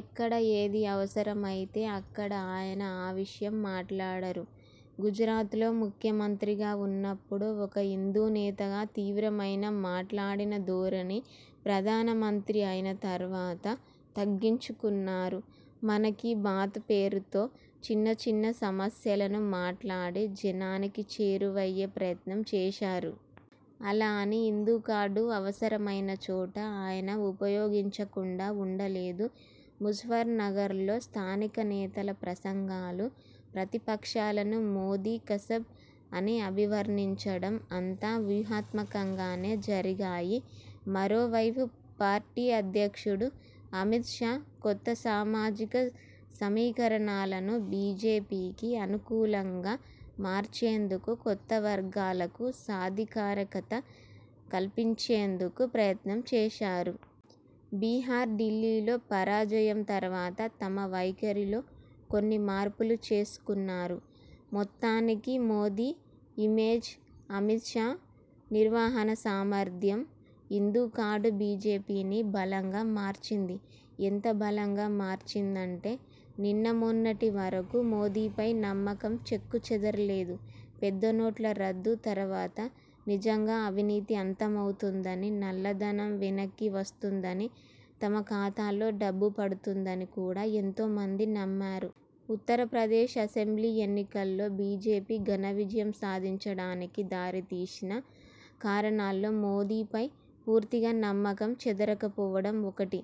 ఎక్కడ ఏది అవసరమైతే అక్కడ ఆయన ఆ విషయం మాట్లాడారు. గుజరాత్ లో ముఖ్యమంత్రిగా ఉన్నప్పుడు ఒక హిందూనేతగా తీవ్రంగా మాట్లాడిన ధోరణిని ప్రధానమంత్రి అయిన తర్వాత తగ్గించుకున్నారు. మన్ కీ బాత్ పేరుతో చిన్న చిన్న సమస్యలను మాట్లాడి జనానికి చేరువయ్యే ప్రయత్నం చేశారు. అలా అని హిందూ కార్డు అవసరమైన చోట ఆయన ఉపయోగించకుండా ఉండలేదు. ముజఫర్ నగర్లో స్థానిక నేతల ప్రసంగాలు, ప్రతిపక్షాలను మోదీ కసబ్ అని అభివర్ణించడం అంతా వ్యూహాత్మకంగానే జరిగాయి. మరో వైపు పార్టీ అధ్యక్షుడు అమిత్ షా కొత్త సామాజిక సమీకరణాలను బిజెపికి అను కూలంగా మార్చేందుకు, కొత్త వర్గాలకు సాధికారికత కల్పించేందుకు ప్రయత్నం చేశారు. బీహార్, ఢిల్లీలో పరాజయం తర్వాత తమ వైఖరిలో కొన్ని మార్పులు చేసుకున్నారు. మొత్తానికి మోదీ ఇమేజ్, అమిత్ షా నిర్వాహక సామర్థ్యం, హిందూ కార్డు బిజెపిని బలంగా మార్చింది. ఎంత బలంగా మార్చిందంటే నిన్నమొన్నటి వరకూ మోదీపై నమ్మకం చెక్కు చెదరలేదు. పెద్ద నోట్ల రద్దు తర్వాత నిజంగా అవినీతి అంతమవుతుందని, నల్లధనం వెనక్కి వస్తుందని, తమ ఖాతాల్లో డబ్బు పడుతుందని కూడా ఎంతోమంది నమ్మారు. ఉత్తరప్రదేశ్ అసెంబ్లీ ఎన్నికల్లో బిజెపి ఘన విజయం సాధించడానికి దారి తీసిన కారణాల్లో మోదీపై పూర్తిగా నమ్మకం చెదరకపోవడం ఒకటి.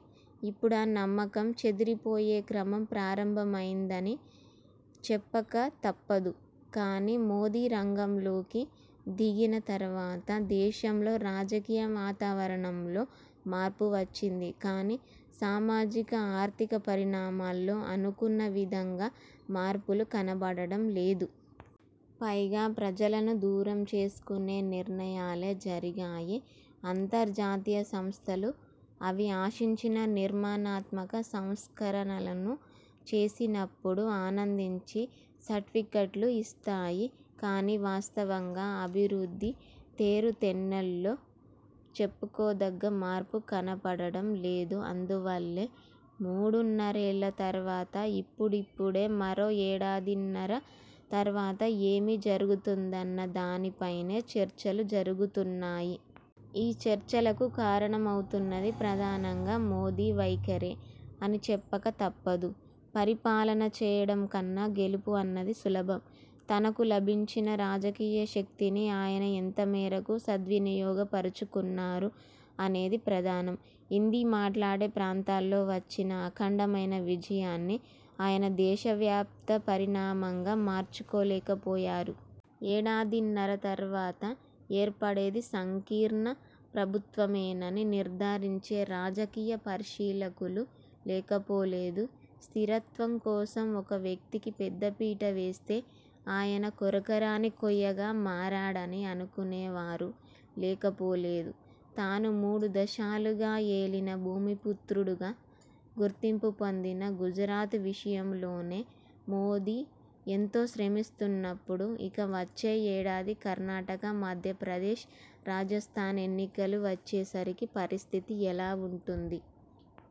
ఇప్పుడా నమ్మకం చెదిరిపోయే క్రమం ప్రారంభమైందని చెప్పక తప్పదు. కాని మోదీ రంగంలోకి దిగిన తర్వాత దేశంలో రాజకీయ వాతావరణంలో మార్పు వచ్చింది కాని సామాజిక, ఆర్థిక పరిణామాల్లో అనుకున్న విధంగా మార్పులు కనపడడం లేదు. పైగా ప్రజలను దూరం చేసుకునే నిర్ణయాలే జరిగాయి. అంతర్జాతీయ సంస్థలు అవి ఆశించిన నిర్మాణాత్మక సంస్కరణలను చేసినప్పుడు ఆనందించి సర్టిఫికెట్లు ఇస్తాయి కాని వాస్తవంగా అభివృద్ది తీరుతెన్నుల్లో చెప్పుకోదగ్గ మార్పు కనపడడం లేదు. అందువల్లే మూడున్నరేళ్ల తర్వాత ఇప్పుడిప్పుడే మరో ఏడాదిన్నర తర్వాత ఏమి జరుగుతుందన్న దానిపైనే చర్చలు జరుగుతున్నాయి. ఈ చర్చలకు కారణమవుతున్నది ప్రధానంగా మోదీ వైఖరే అని చెప్పక తప్పదు. పరిపాలన చేయడం కన్నా గెలుపు అనేది సులభం. తనకు లభించిన రాజకీయ శక్తిని ఆయన ఎంతమేరకు సద్వినియోగపరుచుకున్నారు అనేది ప్రధానం. హిందీ మాట్లాడే ప్రాంతాల్లో వచ్చిన అఖండమైన విజయాన్ని ఆయన దేశ వ్యాప్త పరిణామంగా మార్చలేకపోయారు. ఏడాదిన్నర తర్వాత ఏర్పడేది సంకీర్ణ ప్రభుత్వమేనని నిర్ధారించే రాజకీయ పరిశీలకులూ లేకపోలేదు. స్థిరత్వం కోసం ఒక వ్యక్తికి పెద్ద పీట వేస్తే ఆయన కొరకరాని కొయ్యగా మారారని అనుకునేవారూ లేకపోలేదు. తాను మూడు దఫాలుగా ఏలిన, భూమి పుత్రుడుగా గుర్తింపు పొందిన గుజరాత్ విషయంలోనే మోదీ ఎంతో శ్రమిస్తున్నప్పుడు ఇక వచ్చే ఏడాది కర్ణాటక, మధ్యప్రదేశ్, రాజస్థాన్ ఎన్నికలు వచ్చే సరికి పరిస్థితి ఎలా ఉంటుంది?